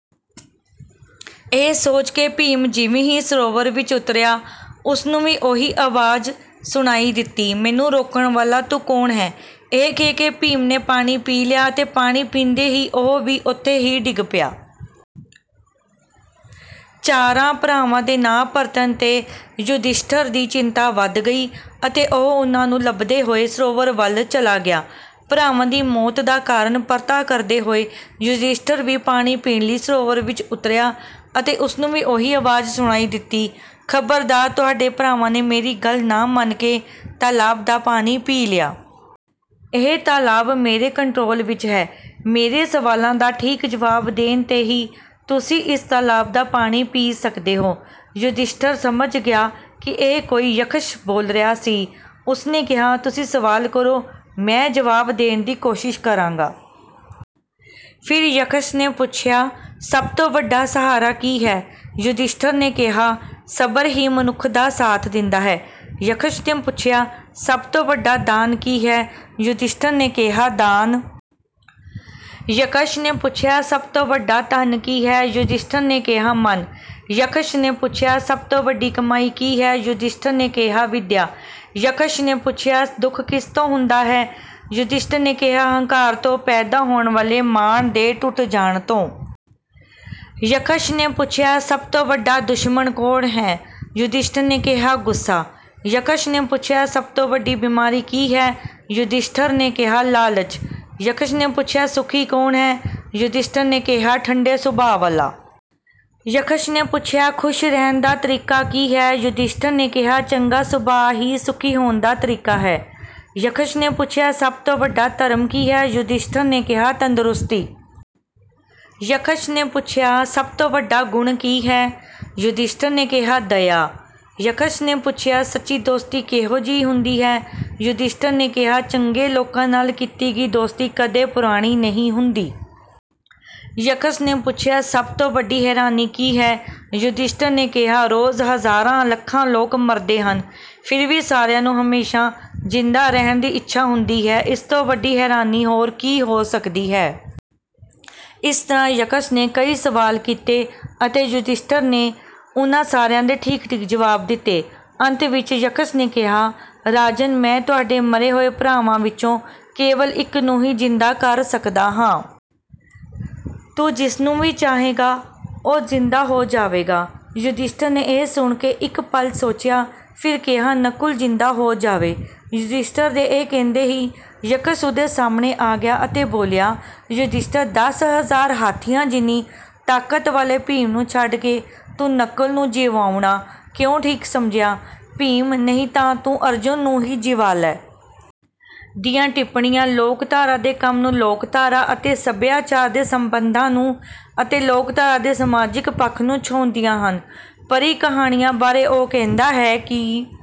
ਇਹ ਸੋਚ ਕੇ ਭੀਮ ਜਿਵੇਂ ਹੀ ਸਰੋਵਰ ਵਿੱਚ ਉਤਰਿਆ ਉਸ ਨੂੰ ਵੀ ਉਹੀ ਆਵਾਜ਼ ਸੁਣਾਈ ਦਿੱਤੀ "ਮੈਨੂੰ ਰੋਕਣ ਵਾਲਾ ਤੂੰ ਕੌਣ ਹੈ" ਇਹ ਕਹਿ ਕੇ ਭੀਮ ਨੇ ਪਾਣੀ ਪੀ ਲਿਆ ਅਤੇ ਪਾਣੀ ਪੀਂਦੇ ਹੀ ਉਹ ਵੀ ਉੱਥੇ ਹੀ ਡਿੱਗ ਪਿਆ। ਚਾਰਾਂ ਭਰਾਵਾਂ ਦੇ ਨਾ ਪਰਤਣ ਤੇ ਯੁਧਿਸ਼ਠਰ ਦੀ ਚਿੰਤਾ ਵਧ ਗਈ ਅਤੇ ਉਹ ਉਨ੍ਹਾਂ ਨੂੰ ਲੱਭਦੇ ਹੋਏ ਸਰੋਵਰ ਵੱਲ ਚਲਾ ਗਿਆ। ਭਰਾਵਾਂ ਦੀ ਮੌਤ ਦਾ ਕਾਰਨ ਪਤਾ ਕਰਦੇ ਹੋਏ ਯੁਧਿਸ਼ਠਰ ਵੀ ਪਾਣੀ ਪੀਣ ਲਈ ਸਰੋਵਰ ਵਿੱਚ ਉਤਰਿਆ ਅਤੇ ਉਸ ਨੂੰ ਵੀ ਉਹੀ ਆਵਾਜ਼ ਸੁਣਾਈ ਦਿੱਤੀ "ਖਬਰਦਾਰ ਤੁਹਾਡੇ ਭਰਾਵਾਂ ਨੇ ਮੇਰੀ ਗੱਲ ਨਾ ਮੰਨ ਕੇ ਤਾਲਾਬ ਦਾ ਪਾਣੀ ਪੀ ਲਿਆ। ਇਹ ਤਾਲਾਬ ਮੇਰੇ ਕੰਟਰੋਲ ਵਿੱਚ ਹੈ। ਮੇਰੇ ਸਵਾਲਾਂ ਦਾ ਠੀਕ ਜਵਾਬ ਦੇਣ ਤੇ ਹੀ ਤੁਸੀਂ ਇਸ ਤਾਲਾਬ ਦਾ ਪਾਣੀ ਪੀ ਸਕਦੇ ਹੋ" ਯੁਧਿਸ਼ਠਰ ਸਮਝ ਗਿਆ ਕਿ ਇਹ ਕੋਈ ਯਕਸ਼ ਬੋਲ ਰਿਹਾ ਸੀ। ਉਸ ਨੇ ਕਿਹਾ "ਤੁਸੀਂ ਸਵਾਲ ਕਰੋ ਮੈਂ ਜਵਾਬ ਦੇਣ ਦੀ ਕੋਸ਼ਿਸ਼ ਕਰਾਂਗਾ"। ਫਿਰ ਯਕਸ਼ ਨੇ ਪੁੱਛਿਆ ਸਭ ਤੋਂ ਵੱਡਾ ਸਹਾਰਾ ਕੀ ਹੈ ਯੁਧਿਸ਼ਠਰ ਨੇ ਕਿਹਾ ਸਬਰ ਹੀ ਮਨੁੱਖ ਦਾ ਸਾਥ ਦਿੰਦਾ ਹੈ। ਯਕਸ਼ ਨੇ ਪੁੱਛਿਆ ਸਭ ਤੋਂ ਵੱਡਾ ਦਾਨ ਕੀ ਹੈ ਯੁਧਿਸ਼ਠਰ ਨੇ ਕਿਹਾ ਦਾਨ। ਯਕਸ਼ ਨੇ ਪੁੱਛਿਆ ਸਭ ਤੋਂ ਵੱਡਾ ਧਨ ਕੀ ਹੈ ਯੁਧਿਸ਼ਠਰ ਨੇ ਕਿਹਾ ਮਨ। ਯਕਸ਼ ਨੇ ਪੁੱਛਿਆ ਸਭ ਤੋਂ ਵੱਡੀ ਕਮਾਈ ਕੀ ਹੈ ਯੁਧਿਸ਼ਠਰ ਨੇ ਕਿਹਾ ਵਿਦਿਆ। ਯਕਸ਼ ਨੇ ਪੁੱਛਿਆ ਦੁੱਖ ਕਿਸ ਤੋਂ ਹੁੰਦਾ ਹੈ ਯੁਧਿਸ਼ਠਰ ਨੇ ਕਿਹਾ ਹੰਕਾਰ ਤੋਂ ਪੈਦਾ ਹੋਣ ਵਾਲੇ ਮਾਣ ਦੇ ਟੁੱਟ ਜਾਣ ਤੋਂ। ਯਕਸ਼ ਨੇ ਪੁੱਛਿਆ ਸਭ ਤੋਂ ਵੱਡਾ ਦੁਸ਼ਮਣ ਕੌਣ ਹੈ ਯੁਧਿਸ਼ਠਰ ਨੇ ਕਿਹਾ ਗੁੱਸਾ। ਯਕਸ਼ ਨੇ ਪੁੱਛਿਆ ਸਭ ਤੋਂ ਵੱਡੀ ਬਿਮਾਰੀ ਕੀ ਹੈ ਯੁਧਿਸ਼ਠਰ ਨੇ ਕਿਹਾ ਲਾਲਚ। ਯਕਸ਼ ਨੇ ਪੁੱਛਿਆ ਸੁਖੀ ਕੌਣ ਹੈ ਯੁਧਿਸ਼ਠਰ ਨੇ ਕਿਹਾ ਠੰਡੇ ਸੁਭਾਅ ਵਾਲਾ। ਯਕਸ਼ ਨੇ ਪੁੱਛਿਆ ਖੁਸ਼ ਰਹਿਣ ਦਾ ਤਰੀਕਾ ਕੀ ਹੈ ਯੁਧਿਸ਼ਠਰ ਨੇ ਕਿਹਾ ਚੰਗਾ ਸੁਭਾਅ ਹੀ ਸੁਖੀ ਹੋਣ ਦਾ ਤਰੀਕਾ ਹੈ। ਯਕਸ਼ ਨੇ ਪੁੱਛਿਆ ਸਭ ਤੋਂ ਵੱਡਾ ਧਰਮ ਕੀ ਹੈ ਯੁਧਿਸ਼ਠਰ ਨੇ ਕਿਹਾ ਤੰਦਰੁਸਤੀ। ਯਕਸ਼ ਨੇ ਪੁੱਛਿਆ ਸਭ ਤੋਂ ਵੱਡਾ ਗੁਣ ਕੀ ਹੈ ਯੁਧਿਸ਼ਠਰ ਨੇ ਕਿਹਾ ਦਇਆ। ਯਕਸ਼ ਨੇ ਪੁੱਛਿਆ ਸੱਚੀ ਦੋਸਤੀ ਕਿਹੋ ਜਿਹੀ ਹੁੰਦੀ ਹੈ ਯੁਧਿਸ਼ਠਰ ਨੇ ਕਿਹਾ ਚੰਗੇ ਲੋਕਾਂ ਨਾਲ ਕੀਤੀ ਗਈ ਦੋਸਤੀ ਕਦੇ ਪੁਰਾਣੀ ਨਹੀਂ ਹੁੰਦੀ। ਯਕਸ਼ ਨੇ ਪੁੱਛਿਆ ਸਭ ਤੋਂ ਵੱਡੀ ਹੈਰਾਨੀ ਕੀ ਹੈ ਯੁਧਿਸ਼ਠਰ ਨੇ ਕਿਹਾ ਰੋਜ਼ ਹਜ਼ਾਰਾਂ ਲੱਖਾਂ ਲੋਕ ਮਰਦੇ ਹਨ ਫਿਰ ਵੀ ਸਾਰਿਆਂ ਨੂੰ ਹਮੇਸ਼ਾ ਜਿੰਦਾ ਰਹਿਣ ਦੀ ਇੱਛਾ ਹੁੰਦੀ ਹੈ। ਇਸ ਤੋਂ ਵੱਡੀ ਹੈਰਾਨੀ ਹੋਰ ਕੀ ਹੋ ਸਕਦੀ ਹੈ। ਇਸ ਤਰ੍ਹਾਂ ਯਕਸ਼ ਨੇ ਕਈ ਸਵਾਲ ਕੀਤੇ ਅਤੇ ਯੁਧਿਸ਼ਠਰ ਨੇ ਉਨ੍ਹਾਂ ਸਾਰਿਆਂ ਦੇ ਠੀਕ ਠੀਕ ਜਵਾਬ ਦਿੱਤੇ। ਅੰਤ ਵਿੱਚ ਯਕਸ਼ ਨੇ ਕਿਹਾ "ਰਾਜਨ ਮੈਂ ਤੁਹਾਡੇ ਮਰੇ ਹੋਏ ਭਰਾਵਾਂ ਵਿੱਚੋਂ ਕੇਵਲ ਇੱਕ ਨੂੰ ਹੀ ਜਿੰਦਾ ਕਰ ਸਕਦਾ ਹਾਂ। ਤੂੰ ਜਿਸਨੂੰ ਵੀ ਚਾਹੇਂਗਾ ਉਹ ਜਿੰਦਾ ਹੋ ਜਾਵੇਗਾ"। ਯੁਧਿਸ਼ਠਰ ਨੇ ਇਹ ਸੁਣ ਕੇ ਇੱਕ ਪਲ ਸੋਚਿਆ ਫਿਰ ਕਿਹਾ "ਨਕੁਲ ਜਿੰਦਾ ਹੋ ਜਾਵੇ"। ਯੁਧਿਸ਼ਠਰ ਦੇ ਇਹ ਕਹਿੰਦੇ ਹੀ ਯਕਸ਼ ਉਸ ਦੇ ਸਾਹਮਣੇ ਆ ਗਿਆ ਅਤੇ ਬੋਲਿਆ "ਯੁਧਿਸ਼ਠਰ ਦਸ ਹਜ਼ਾਰ ਹਾਥੀਆਂ ਜਿੰਨੀ ਤਾਕਤ ਵਾਲੇ ਭੀਮ ਨੂੰ ਛੱਡ ਕੇ ਤੂੰ ਨਕੁਲ ਨੂੰ ਜਿਵਾਉਣਾ ਕਿਉਂ ਠੀਕ ਸਮਝਿਆ ਭੀਮ ਨਹੀਂ ਤਾਂ ਤੂੰ ਅਰਜੁਨ ਨੂੰ ਹੀ ਜਿਵਾ ਲੈ"। ਦੀਆਂ ਟਿੱਪਣੀਆਂ ਲੋਕਧਾਰਾ ਦੇ ਕੰਮ ਨੂੰ ਲੋਕਧਾਰਾ ਅਤੇ ਸਭਿਆਚਾਰ ਦੇ ਸਬੰਧਾਂ ਨੂੰ ਅਤੇ ਲੋਕਧਾਰਾ ਦੇ ਸਮਾਜਿਕ ਪੱਖ ਨੂੰ ਛੋਂਹਦੀਆਂ ਹਨ। "ਪਰੀ ਕਹਾਣੀਆਂ" ਬਾਰੇ ਉਹ ਕਹਿੰਦਾ ਹੈ ਕਿ